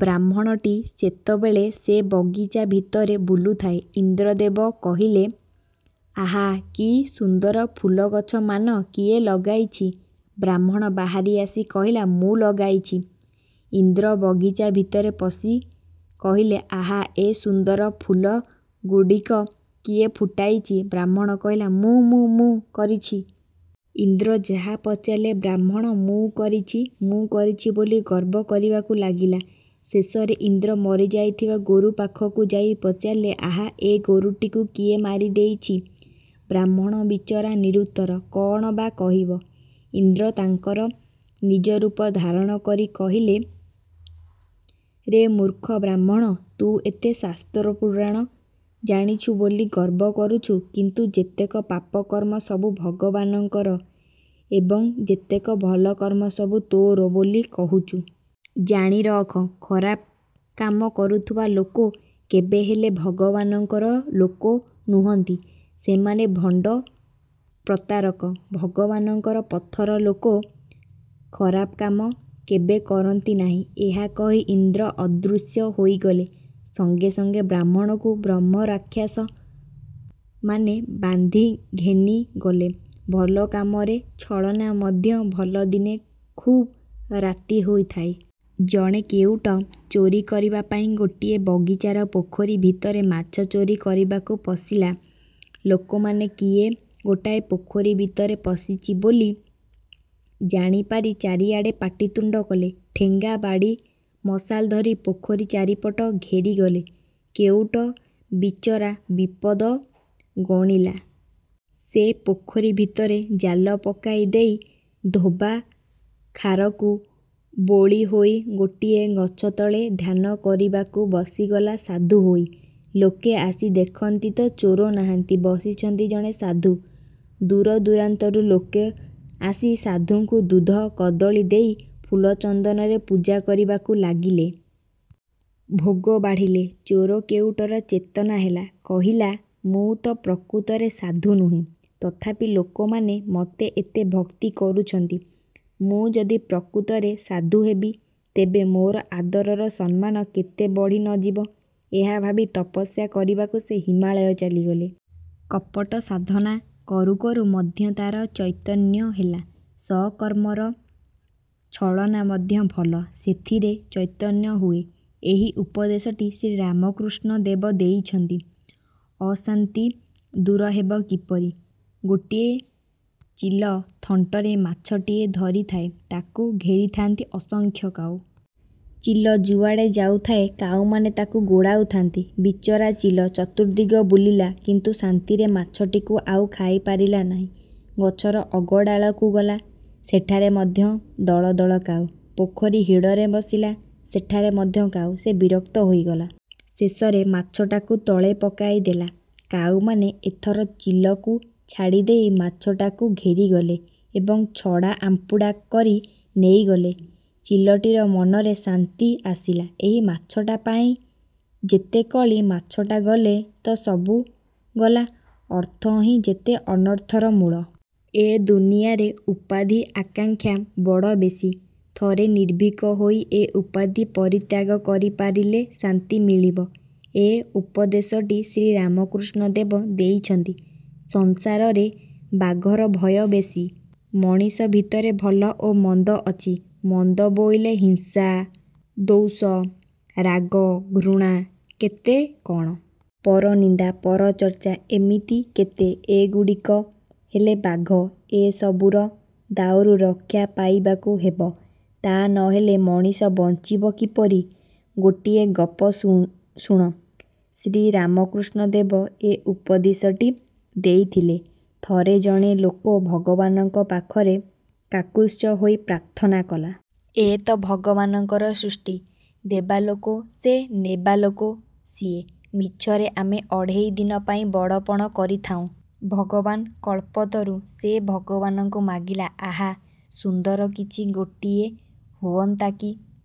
ବ୍ରାହ୍ମଣଟି ସେତେବେଳେ ସେ ବଗିଚା ଭିତରେ ବୁଲୁଥାଏ। ଇନ୍ଦ୍ରଦେବ କହିଲେ-'ଆହା, କି ସୁନ୍ଦର ଫୁଲଗଛମାନ କିଏ ଲଗାଇଛି? ' ବ୍ରାହ୍ମଣ ବାହାରି ଆସି କହିଲା, 'ମୁଁ ଲଗାଇଛି। ' ଇନ୍ଦ୍ର ବଗିଚା ଭିତରେ ପଶି କହିଲେ-'ଆହା ଏ ସୁନ୍ଦର ଫୁଲଗୁଡ଼ିକ କିଏ ଫୁଟାଇଛି? ' ବ୍ରାହ୍ମଣ କହିଲା-'ମୁଁ, ମୁଁ, ମୁଁ କରିଛି। ' ଇନ୍ଦ୍ର ଯାହା ପଚାରିଲେ, ବ୍ରାହ୍ମଣ 'ମୁଁ କରିଛି, ମୁଁ କରିଛି' ବୋଲି ଗର୍ବ କରିବାକୁ ଲାଗିଲା-। ଶେଷରେ ଇନ୍ଦ୍ର ମରିଯାଇଥିବା ଗୋରୁ ପାଖକୁ ଯାଇ ପଚାରିଲେ-'ଆହା, ଏ ଗୋରୁଟିକୁ କିଏ ମାରିଦେଇଛି? ' ବ୍ରାହ୍ମଣ ବିଚରା ନିରୁତ୍ତର। କ'ଣ ବା କହିବ? ଇନ୍ଦ୍ର ତାଙ୍କର ନିଜରୂପ ଧାରଣ କରି କହିଲେ-'ରେ ମୂର୍ଖ ବ୍ରାହ୍ମଣ, ତୁ ଏତେ ଶାସ୍ତ୍ର-ପୁରାଣ ଜାଣିଛୁ ବୋଲି ଗର୍ବ କରୁଛୁ କିନ୍ତୁ ଯେତେକ ପାପକର୍ମ ସବୁ ଭଗବାନଙ୍କର ଏବଂ ଯେତେକ ଭଲ କର୍ମ ସବୁ ତୋର ବୋଲି କହୁଛୁ। ଜାଣିରଖ, ଖରାପ କାମ କରୁଥିବା ଲୋକ କେବେହେଲେ ଭଗବାନଙ୍କର ଲୋକ ନୁହନ୍ତି। ସେମାନେ ଭଣ୍ତ ପ୍ରତାରକ। ଭଗବାନଙ୍କ ପଥର ଲୋକ ଖରାପ କାମ କେବେ କରନ୍ତି ନାହିଁ। ' ଏହା କହି ଇନ୍ଦ୍ର ଅଦୃଶ୍ୟ ହୋଇଗଲେ। ସଙ୍ଗେ ସଙ୍ଗେ ବ୍ରାହ୍ମଣକୁ ବ୍ରହ୍ମରାକ୍ଷସମାନେ ବାନ୍ଧି ଘେନିଗଲେ। ଭଲ କାମରେ ଛଳନା ମଧ୍ୟ ଭଲ ଦିନେ ଖୁବ୍ ରାତି ହୋଇଥାଏ। ଜଣେ କେଉଟ ଚୋରି କରିବା ପାଇଁ ଗୋଟିଏ ବଗିଚାର ପୋଖରୀ ଭିତରେ ମାଛ ଚୋରି କରିବାକୁ ପଶିଲା। ଲୋକମାନେ କିଏ ଗୋଟାଏ ପୋଖରୀ ଭିତରେ ପଶିଛି ବୋଲି ଜାଣିପାରି ଚାରିଆଡ଼େ ପାଟିତୁଣ୍ତ କଲେ। ଠେଙ୍ଗାବାଡ଼ି, ମଶାଲ ଧରି ପୋଖରୀ ଚାରିପଟ ଘେରିଗଲେ। କେଉଟ ବିଚରା ବିପଦ ଗଣିଲା। ସେ ପୋଖରୀ ଭିତରେ ଜାଲ ପକାଇ ଦେଇ, ଧୋବା ଖାରକୁ ବୋଳି ହୋଇ ଗୋଟିଏ ଗଛତଳେ ଧ୍ୟାନ କରିବାକୁ ବସିଗଲା ସାଧୁ ହୋଇ। ଲୋକେ ଆସି ଦେଖନ୍ତି ତ ଚୋର ନାହାନ୍ତି, ବସିଛନ୍ତି ଜଣେ ସାଧୁ। ଦୂର ଦୂରାନ୍ତରୁ ଲୋକ ଆସି ସାଧୁଙ୍କୁ ଦୁଧ କଦଳୀ-ଦେଇ ଫୁଲଚନ୍ଦନରେ ପୂଜା କରିବାକୁ ଲାଗିଲେ। ଭୋଗ ବାଢ଼ିଲେ। ଚୋର କେଉଟର ଚେତନା ହେଲା, କହିଲା-'ମୁଁ ତ ପ୍ରକୃତରେ ସାଧୁ ନୁହେଁ; ତଥାପି ଲୋକମାନେ ମୋତେ ଏତେ ଭକ୍ତି କରୁଛନ୍ତି। ମୁଁ ଯଦି ପ୍ରକୃତରେ ସାଧୁ ହେବି, ତେବେ ମୋର ଆଦର ସମ୍ମାନ କେତେ ବଢ଼ି ନ ଯିବ! ଏହା ଭାବି ତପସ୍ୟା କରିବାକୁ ସେ ହିମାଳୟ ଚାଲିଗଲା। କପଟ ସାଧନା କରୁ କରୁ ମଧ୍ୟ ତାର ଚୈତନ୍ୟ ହେଲା। ସତ୍କର୍ମର ଛଳନା ମଧ୍ୟ ଭଲ। ସେଥିରେ ଚୈତନ୍ୟ ହୁଏ। ଏହି ଉପଦେଶଟି ଶ୍ରୀରାମକୃଷ୍ଣ ଦେବ ଦେଇଛନ୍ତି। ଅଶାନ୍ତି ଦୂର ହେବ କିପରି? ଗୋଟିଏ ଚିଲ ଥଣ୍ଟରେ ମାଛଟିଏ ଧରିଥାଏ। ତାକୁ ଘେରିଥାନ୍ତି ଅସଂଖ୍ୟ କାଉ। ଚିଲ ଯୁଆଡ଼େ ଯାଉଥାଏ, କାଉମାନେ ତାକୁ ଗୋଡ଼ାଉଥାନ୍ତି। ବିଚରା ଚିଲ ଚତୁର୍ଦ୍ଦିଗ ବୁଲିଲା, କିନ୍ତୁ ଶାନ୍ତିରେ ମାଛଟିକୁ ଆଉ ଖାଇପାରିଲା ନାହିଁ। ଗଛର ଅଗଡାଳକୁ ଗଲା, ସେଠାରେ ମଧ୍ୟ ଦଳ ଦଳ କାଉ। ପୋଖରୀ ହିଡ଼ରେ ବସିଲା, ସେଠାରେ ମଧ୍ୟ କାଉ। ସେ ବିରକ୍ତ ହୋଇଗଲା। ଶେଷରେ ମାଛଟାକୁ ତଳେ ପକାଇଦେଲା। କାଉମାନେ ଏଥର ଚିଲକୁ ଛାଡ଼ିଦେଇ ମାଛଟାକୁ ଘେରିଗଲେ ଏବଂ ଛଡ଼ା ଆମ୍ପୁଡ଼ା କରି ନେଇଗଲେ। ଚିଲଟିର ମନରେ ଶାନ୍ତି ଆସିଲା। ଏହି ମାଛଟି ପାଇଁ ଯେତେ କଳି! ମାଛଟା ଗଲେ ତ ସବୁ ଗଲା। ଅର୍ଥହିଁ ଯେତେ ଅନର୍ଥର ମୂଳ। ଏ ଦୁନିଆରେ ଉପାଧି ଆକାଂକ୍ଷା ବଡ଼ ବେଶୀ। ଥରେ ନିର୍ଭୀକ ହୋଇ ଏ ଉପାଧି ପରିତ୍ୟାଗ କରିପାରିଲେ ଶାନ୍ତି ମିଳିବ। ଏ ଉପଦେଶଟି ଶ୍ରୀରାମକୃଷ୍ଣ ଦେବ ଦେଇଛନ୍ତି। ସଂସାରରେ ବାଘର ଭୟ ବେଶୀ ମଣିଷ ଭିତରେ ଭଲ ଓ ମନ୍ଦ ଅଛି। ମନ୍ଦ ବୋଇଲେ ହିଂସା, ଦ୍ୱେଷ, ରାଗ, ଘୃଣା କେତେ କ'ଣ? ପରନିନ୍ଦା, ପରଚର୍ଚ୍ଚା ଇମିତି କେତେ। ଏଗୁଡ଼ିକ ହେଲେ ବାଘ। ଏ ସବୁର ଦାଉରୁ ରକ୍ଷା ପାଇବାକୁ ହେବ। ତା' ନ ହେଲେ ମଣିଷ ବଞ୍ଚିବ କିପରି? ଗୋଟିଏ ଗପ ଶୁଣ। ଶ୍ରୀରାମକୃଷ୍ଣ ଦେବ ଏ ଉପଦେଶଟି ଦେଇଥିଲେ। ଥରେ ଜଣେ ଲୋକ ଭଗବାନଙ୍କ ପାଖରେ କାକୁସ୍ଥ ହୋଇ ପ୍ରାର୍ଥନା କଲା। 'ଏ ତ ଭଗବାନଙ୍କର ସୃଷ୍ଟି। ଦେବା ଲୋକ ସେ, ନେବାଲୋକ ସିଏ। ମିଛରେ ଆମେ ଅଢ଼େଇ ଦିନ ପାଇଁ ବଡ଼ପଣ କରିଥାଉଁ। ଭଗବାନ କଳ୍ପତରୁ। ' ସେ ଭଗବାନଙ୍କୁ ମାଗିଲା, 'ଆହା ସୁନ୍ଦର କିଛି ଗୋଟିଏ ହୁଅନ୍ତା କି?